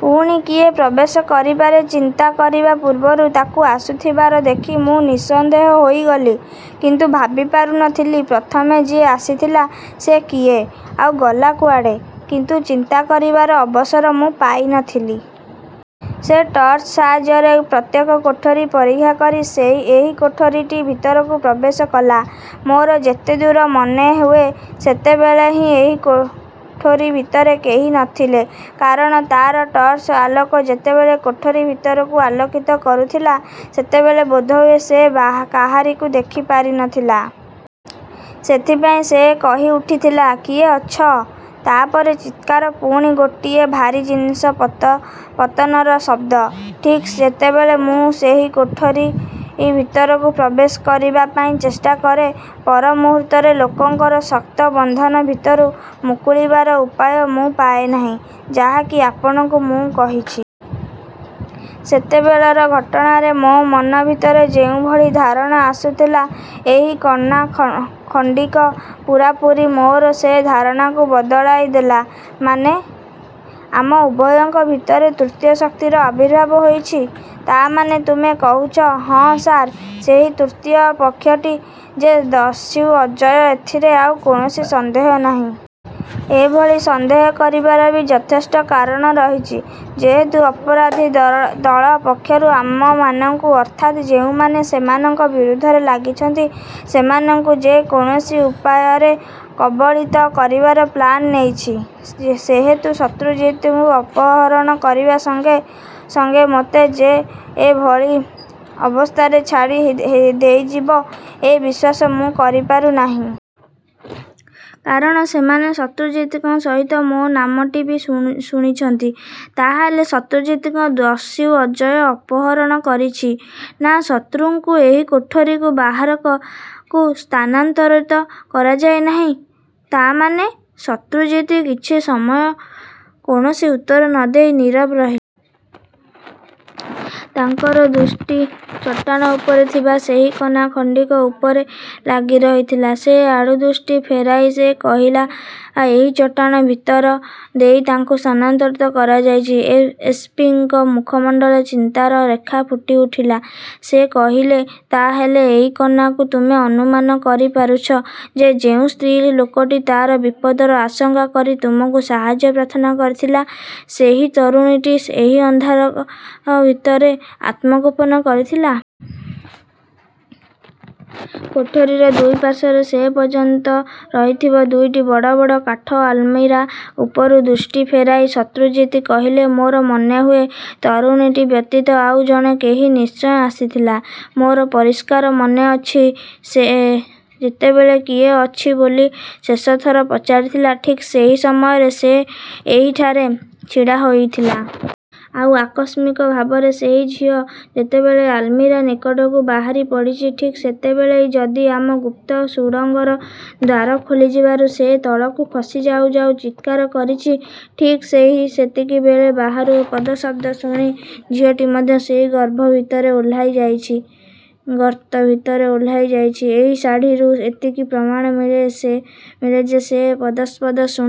ପୁଣି କିଏ ପ୍ରବେଶ କରିପାରେ ଚିନ୍ତା କରିବା ପୂର୍ବରୁ ତାକୁ ଆସୁଥିବାର ଦେଖି ମୁଁ ନିଃସନ୍ଦେହ ହୋଇଗଲି କିନ୍ତୁ ଭାବିପାରୁ ନ ଥିଲି ପ୍ରଥମେ ଯିଏ ଆସିଥିଲା ସେ କିଏ ଆଉ ଗଲା କୁଆଡ଼େ? କିନ୍ତୁ ଚିନ୍ତା କରିବାର ଅବସର ମୁଁ ପାଇ ନ ଥିଲି। ସେ ଟର୍ଚ୍ଚ ସାହାଯ୍ୟରେ ପ୍ରତ୍ୟେକ କୋଠରି ପରୀକ୍ଷା କରି ଏହି କୋଠରିଟି ଭିତରକୁ ପ୍ରବେଶ କଲା। ମୋର ଯେତେଦୂର ମନେହୁଏ ସେତେବେଳେ ଏହି କୋଠରି ଭିତରେ କେହି ନ ଥିଲେ। କାରଣ ତା’ର ଟର୍ଚ୍ଚର ଆଲୋକ ଯେତେବେଳେ କୋଠରି ଭିତରକୁ ଆଲୋକିତ କରୁଥିଲା ସେତେବେଳେ ବୋଧହୁଏ ସେ କାହାରିକୁ ଦେଖି ପାରି ନ ଥିଲା। ସେଇଥିପାଇଁ ସେ କହିଉଠିଥିଲା କିଏ ଅଛ? ତା’ ପରେ ଚିତ୍କାର ପୁଣି ଗୋଟିଏ ଭାରୀ ଜିନିଷ ପତନର ଶବ୍ଦ। ଠିକ୍ ଯେତେବେଳେ ମୁଁ ସେହି କୋଠରି ଭିତରକୁ ପ୍ରବେଶ କରିବା ପାଇଁ ଚେଷ୍ଟା କରେ ପରମୁହୂର୍ତ୍ତରେ ଲୋକଙ୍କର ଶକ୍ତ ବନ୍ଧନ ଭିତରୁ ମୁକୁଳିବାର ଉପାୟ ମୁଁ ପାଏ ନାହିଁ ଯାହା କି ଆପଣଙ୍କୁ ମୁଁ କହିଛି। ସେତେବେଳର ଘଟଣାରେ ମୋ ମନ ଭିତରେ ଯେଉଁଭଳି ଧାରଣା ଆସୁଥିଲା ଏହି କନାଖଣ୍ଡିକ ପୂରାପୂରି ମୋର ସେ ଧାରଣାକୁ ବଦଳାଇ ଦେଲା। ମାନେ? ଆମ ଉଭୟଙ୍କ ଭିତରେ ତୃତୀୟ ଶକ୍ତିର ଆବିର୍ଭାବ ହୋଇଛି। ତା’ ମାନେ ତୁମେ କହୁଛ ହଁ ସାର୍ ସେହି ତୃତୀୟ ପକ୍ଷଟି ଯେ ଦସ୍ୟୁ ଅଜୟ ଏଥିରେ ଆଉ କୌଣସି ସନ୍ଦେହ ନାହିଁ। ଏ ଭଳି ସନ୍ଦେହ କରିବାର ବି ଯଥେଷ୍ଟ କାରଣ ରହିଛି। ଯେହେତୁ ଅପରାଧୀ ଦଳ ପକ୍ଷରୁ ଆମମାନଙ୍କୁ ଅର୍ଥାତ୍ ଯେଉଁମାନେ ସେମାନଙ୍କ ବିରୁଦ୍ଧରେ ଲାଗିଛନ୍ତି ସେମାନଙ୍କୁ ଯେ କୌଣସି ଉପାୟରେ କବଳିତ କରିବାର ପ୍ଲାନ୍ ନେଇଛି। ସେହେତୁ ଶତ୍ରୁଜିତ୍‌ଙ୍କୁ ଅପହରଣ କରିବା ସଙ୍ଗେ ସଙ୍ଗେ ମୋତେ ଯେ ଏ ଭଳି ଅବସ୍ଥାରେ ଛାଡ଼ି ଦେଇଯିବ ଏ ବିଶ୍ୱାସ ମୁଁ କରିପାରୁ ନାହିଁ। କାରଣ ସେମାନେ ଶତ୍ରୁଜିତ୍‌ଙ୍କ ସହିତ ମୋ ନାମଟି ବି ଶୁଣିଛନ୍ତି। ତା’ ହେଲେ ଶତ୍ରୁଜିତ୍‌ଙ୍କୁ ଦସ୍ୟୁ ଅଜୟ ଅପହରଣ କରିଛି? ନା ଶତ୍ରୁଜିତ୍‌ଙ୍କୁ ଏହି କୋଠରିରୁ ବାହାରକୁ ସ୍ଥାନାନ୍ତର କରାଯାଇ ନାହିଁ। ତା’ ମାନେ? ଶତ୍ରୁଜିତ୍ କିଛି ସମୟ କୌଣସି ଉତ୍ତର ନ ଦେଇ ନୀରବ ରହିଲେ। ତାଙ୍କର ଦୃଷ୍ଟି ଚଟାଣ ଉପରେ ଥିବା ସେହି କନା ଖଣ୍ଡିକ ଉପରେ ଲାଗି ରହିଥିଲା। ସେ ଆଡ଼ୁ ଦୃଷ୍ଟି ଫେରାଇ ସେ କହିଲେ ଏହି ଚଟାଣ ଭିତର ଦେଇ ତାଙ୍କୁ ସ୍ଥାନାନ୍ତରିତ କରାଯାଇଛି। ଏସ୍ ପି ଙ୍କ ମୁଖମଣ୍ଡଳରେ ଚିନ୍ତାର ରେଖା ଫୁଟିଉଠିଲା। ସେ କହିଲେ ତା’ ହେଲେ ଏଇ କନାରୁ ତୁମେ ଅନୁମାନ କରି ପାରୁଛ ଯେ ଯେଉଁ ସ୍ତ୍ରୀ ଲୋକଟି ତା’ର ବିପଦର ଆଶଙ୍କା କରି ତୁମକୁ ସାହାଯ୍ୟ ପ୍ରାର୍ଥନା କରିଥିଲା ସେହି ତରୁଣୀଟି ଏହି ଅନ୍ଧକାର ଭିତରେ ଆତ୍ମଗୋପନ କରିଥିଲା। କୋଠରିର ଦୁଇ ପାର୍ଶ୍ୱରେ ସେ ପର୍ଯ୍ୟନ୍ତ ରହିଥିବା ଦୁଇଟି ବଡ଼ ବଡ଼ କାଠ ଆଲମିରା ଉପରୁ ଦୃଷ୍ଟି ଫେରାଇ ଶତ୍ରୁଜିତ୍ କହିଲେ ମୋର ମନେହୁଏ ତରୁଣୀଟି ବ୍ୟତୀତ ଆଉ ଜଣେ କେହି ନିଶ୍ଚୟ ଆସିଥିଲା। ମୋର ପରିଷ୍କାର ମନେ ଅଛି ସେ ଯେତେବେଳେ କିଏ ଅଛି ବୋଲି ଶେଷଥର ପଚାରିଥିଲା ଠିକ୍ ସେହି ସମୟରେ ସେ ଏହିଠାରେ ଛିଡ଼ା ହୋଇଥିଲା। ଆଉ ଆକସ୍ମିକ ଭାବରେ ସେଇ ଝିଅଟି ଯେତେବେଳେ ଆଲମିରା ନିକଟରୁ ବାହାରି ପଡ଼ିଛି ଠିକ୍ ସେତିକିବେଳେ ଯଦି ଆମ ଗୁପ୍ତ ସୁଡ଼ଙ୍ଗର ଦ୍ୱାର ଖୋଲିଯିବାରୁ ସେ ତଳକୁ ଖସି ଯାଉ ଯାଉ ଚିତ୍କାର କରିଛି। ଠିକ୍ ସେତିକିବେଳେ ବାହାରୁ ପଦଶବ୍ଦ ଶୁଣି ଝିଅଟି ମଧ୍ୟ ସେହି ଗର୍ତ୍ତ ଭିତରେ ଓହ୍ଲାଇ ଯାଇଛି। ଏଇ ଶାଢ଼ିରୁ ଏତିକି ପ୍ରମାଣ ମିଳେ ଯେ ସେ ପଦଶବ୍ଦ ଶୁଣି